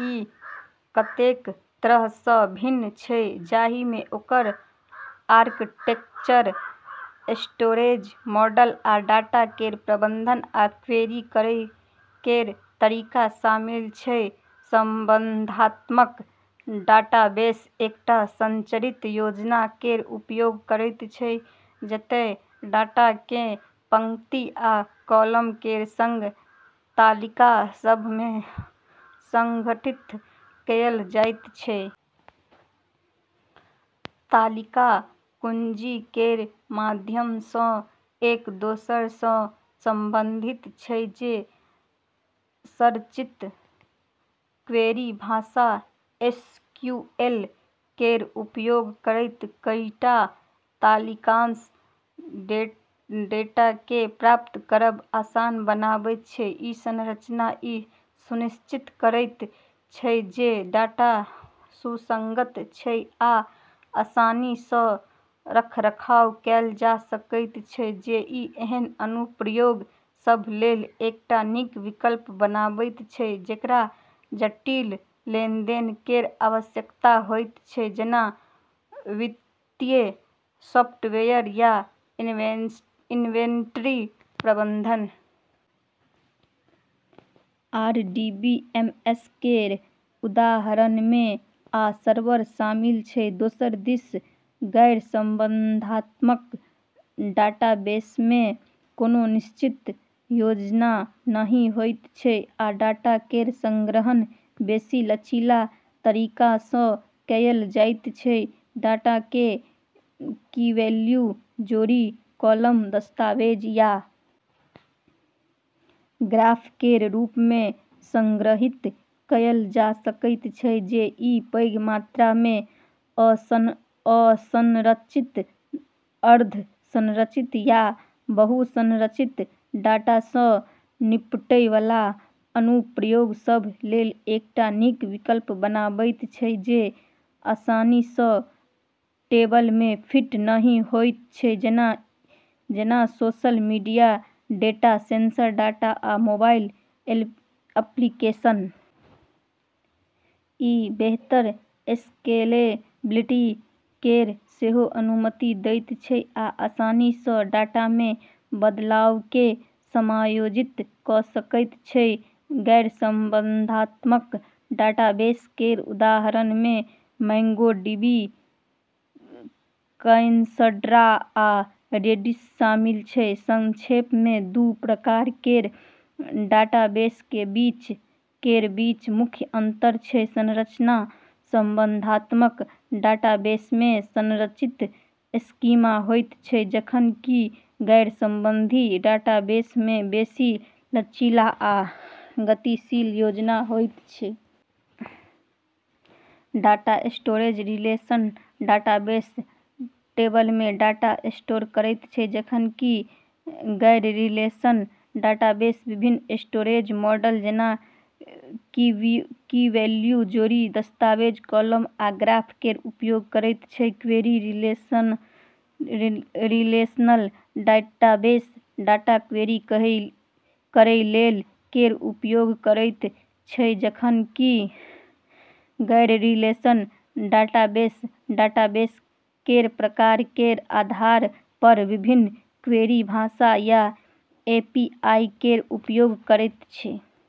ई कतेक तरहसँ भिन्न छै जाहिमे ओकर आर्किटेक्चर स्टोरेज मॉडल आ डाटा केर प्रबंधन आ क्वेरी करै केर तरीका शामिल छै। संबंधात्मक डाटाबेस एकटा संरचित योजना केर उपयोग करैत छै जतए डाटाकेँ पंक्ति आ कॉलम केर संग तालिका सभमे संगठित कएल जाइत छै। तालिका कुंजी केर माध्यमसँ एक दोसरासँ संबंधित छै जे संरचित क्वेरी भाषा एसक्यूएल केर उपयोग करैत कईटा तालिकासँ डेटाकेँ प्राप्त करब आसान बनाबैत छै। ई संरचना ई सुनिश्चित करैत छै जे डाटा सुसंगत छै आ आसानीसँ रखरखाव कएल जा सकैत छै जे ई एहन अनुप्रयोग सभ लेल एकटा नीक विकल्प बनाबैत छै जेकरा जटिल लेनदेन केर आवश्यकता होइत छै जेना वित्तीय सॉफ्टवेयर या इन्वेंट्री प्रबंधन। आरडीबीएमएस केर उदाहरणमे आ सर्वर शामिल छै। दोसर दिस गैरसंबंधात्मक डाटाबेसमे कोनो निश्चित योजना नहि होइत छै आ डाटा केर संग्रहण बेसी लचीला तरीकासँ कएल जाइत छै। डाटाकेँ कीवैल्यू जोड़ी कॉलम दस्तावेज या ग्राफ केर रूपमे संग्रहीत कएल जा सकैत छै जे ई पैघ मात्रामे असंरचित अर्धसंरचित या बहुसंरचित डाटासँ निपटैवाला अनुप्रयोग सभ लेल एकटा नीक विकल्प बनाबैत छै जे आसानीसँ टेबलमे फिट नहि होइत छै जेना social media data sensor data आ मोबाइल एप्लीकेशन। ई बेहतर स्केलेबिलिटी केर सेहो अनुमति दैत छै आ आसानीसँ डाटामे बदलावकेँ समायोजित कऽ सकैत छै। गैरसंबंधात्मक डाटाबेस केर उदाहरणमे मोंगोडीबी कैसंड्रा आ रेडिस शामिल छै। संक्षेपमे दू प्रकार केर डाटाबेस केर बीच मुख्य अंतर छै संरचना संबंधात्मक डाटाबेसमे संरचित स्कीमा होइत छै जखन कि गैरसंबंधी डाटाबेसमे बेसी लचीला आ गतिशील योजना होइत छै। डाटा स्टोरेज रिलेशनल डाटाबेस टेबलमे डाटा स्टोर करैत छै जखन कि गैररिलेशनल डाटाबेस विभिन्न स्टोरेज मॉडल जेना कीवैल्यू जोड़ी दस्तावेज कॉलम आ ग्राफ केर उपयोग करैत छै। Query relational database data query करै लेल केर उपयोग करैत छै जखन कि गैररिलेशनल डाटाबेस डाटाबेस केर प्रकार केर आधारपर विभिन्न क्वेरी भाषा या एपीआई केर उपयोग करैत छै।